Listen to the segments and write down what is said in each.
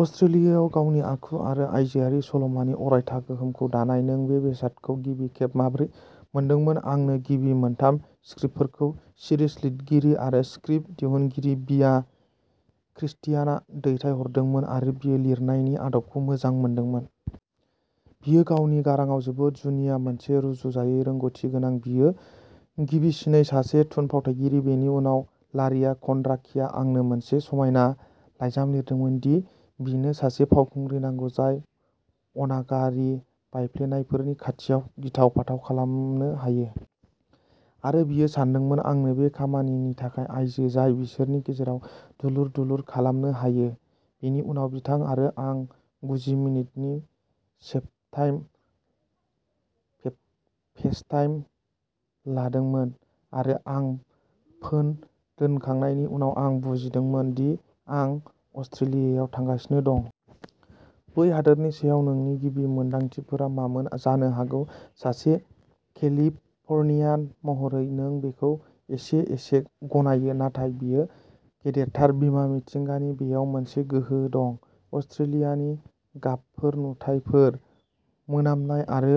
अस्ट्रेलियायाव, गावनि आखु आरो आइजोआरि सल'मानि अरायथा गोहोमखौ दानाय। नों बे बेसादखौ गिबि खेब माबोरै मोनदोंमोन। आंनो गिबि मोनथाम स्क्रिप्टफोरखौ सिरिज लिरगिरि आरो स्क्रिप्ट दिहुनगिरि बीया क्रिस्टियानआ दैथायहरदोंमोन आरो बियो लिरनायनि आदबखौ मोजां मोनदोंमोन। बियो गावनि गारांआव जोबोद जुनिया मोनसे रुजुजायै रोंग'थि गोनां। बियो गिबिसिनै सासे थुनफावथाइगिरि बेनि उनाव लारिया क'न्ड्राकीआ आंनो मोनसे समायना लाइजाम लिरदोंमोन दि बिनो सासे फावखुंग्रि नांगौ जाय अनागारि, बायफ्लेनायफोरनि खाथियाव गिथाव फाथाव खालामनो हायो। आरो बियो सानदोंमोन आंनो बे खामानिनि थाखाय आइजो, जाय बिसोरनि गेजेराव दुलुर दुलुर खालामनो हायो। बेनि उनाव बिथां आरो आं गुजि मिनिटनि सेफटाइम फेसटाइम लादोंमोन, आरो आं फोन दोनखांनायनि उनाव आं बुजिदोंमोन दि आं अस्ट्रेलियायाव थांगासिनो दं। बै हादोरनि सायाव नोंनि गिबि मोनदांथिफोरा मामोन, जानो हागौ सासे केलिफ'र्नियान महरै नों बेखौ एसे एसे गनायो, नाथाय बेयो गेदेरथार। बिमा मिथिंगानि। बेयाव मोनसे गोहो दं। अस्ट्रेलियानि गाबफोर, नुथायफोर, मोनामनाय आरो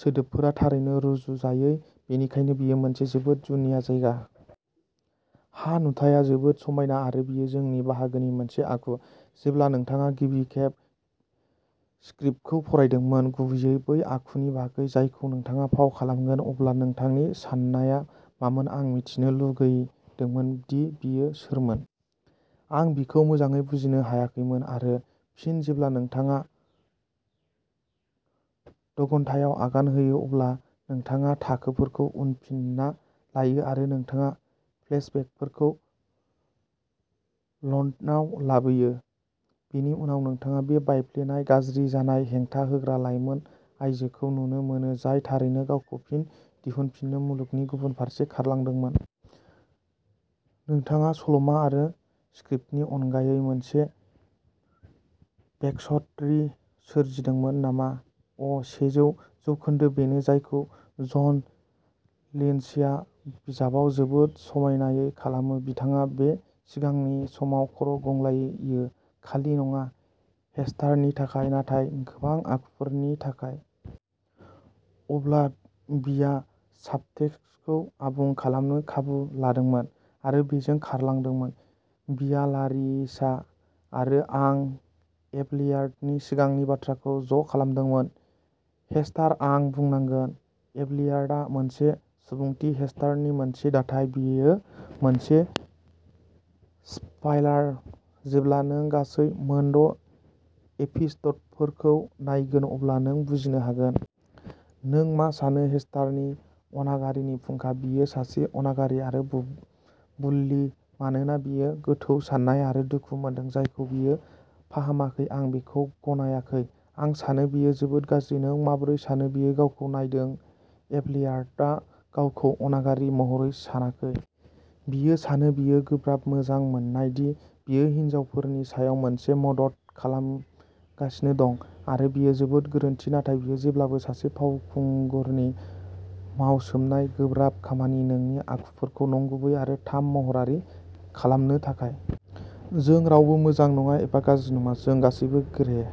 सोदोबफोरा थारैनो रुजुजायै, बेनिखायनो बेयो मोनसे जोबोद जुनिया जायगा। हा नुथाया जोबोद समायना, आरो बेयो जोंनि बाहागोनि मोनसे आखु। जेब्ला नोंथाङा गिबि खेब स्क्रिप्टखौ फरायदोंमोन, गुबैयै बै आखुनि बागै जायखौ नोंथाङा फाव खालामगोन, अब्ला नोंथांनि साननाया मामोन आं मिथिनो लुगैदोंमोन दि बियो सोरमोन। आं बिखौ मोजाङै बुजिनो हायाखैमोन आरो फिन जेब्ला नोंथाङा द' घन्टायाव आगान होयो, अब्ला नोंथाङा थाखोफोरखौ उनफिनना लायो आरो नोंथाङा फेशबेकफोरखौ लन्दनाव लाबोयो। बेनि उनाव नोंथाङा बे बायफ्लेनाय, गाज्रि जानाय, हेंथा होग्रा लाइमोन आयजोखौ नुनो मोनो, जाय थारैनो गावखौ फिन दिहुनफिननो मुलुगनि गुबुन फारसे खारलांदोंमोन। नोंथाङा सल'मा आरो स्क्रिप्टनि अनगायै मोनसे बेकस्ट'री सोरजिदोंमोन नामा अ' सेजौ जौखोन्दो बेनो जायखौ जन लिन्डसेआ बिजाबाव जोबोद समायनायै खालामो। बिथाङा बे सिगांनि समाव खर' गंग्लायो खालि नङा। हेस्टारनि थाखाय, नाथाय गोबां आखुफोरनि थाखाय। अब्ला बियाआ साबटेक्सखौ आबुं खालामनो खाबु लादोंमोन, आरो बेजों खारलांदोंमोन। बिया, लारिसा आरो आं एपलेयार्डनि सिगांनि बाथ्राखौ ज' खालामदोंमोन। हेस्टार, आं बुंनांगोन। एपलेयार्डआ मोनसे सुबुंथि हेस्टारनि मोनसे दाथाय। बेयो मोनसे स्पाइलार। जेब्ला नों गासै मोनद' एपिस'डफोरखौ नायगोन अब्ला नों बुजिनो हागोन। नों मा सानो हेस्टारनि अनागारिनि फुंखा? बियो सासे अनागारि आरो बुल्लि, मानोना बियो गोथौ सानाय आरो दुखु मोनदों जायखौ बियो फाहामाखै। आं बेखौ गनायाखै; आं सानो बेयो जोबोद गाज्रि। नों माबोरै सानो बियो गावखौ नायदों एपलेयार्डआ गावखौ अनागारि महरै सानाखै। बियो सानो बेयो गोब्राब मोजां मोननाय, दि बियो हिनजावफोरनि सायाव मोनसे मदद खालामगासिनो दं। आरो बेयो जोबोद गोरोन्थि नाथाय बेयो जेब्लाबो सासे फावखुंगुरनि मावसोमनाय, गोब्राब खामानि, नोंनि आखुफोरखौ नंगुबै आरो थाम महरारि खालामनो थाखाय। जों रावबो मोजां नङा, एबा गाज्रि नङा। जों गासैबो ग्रे।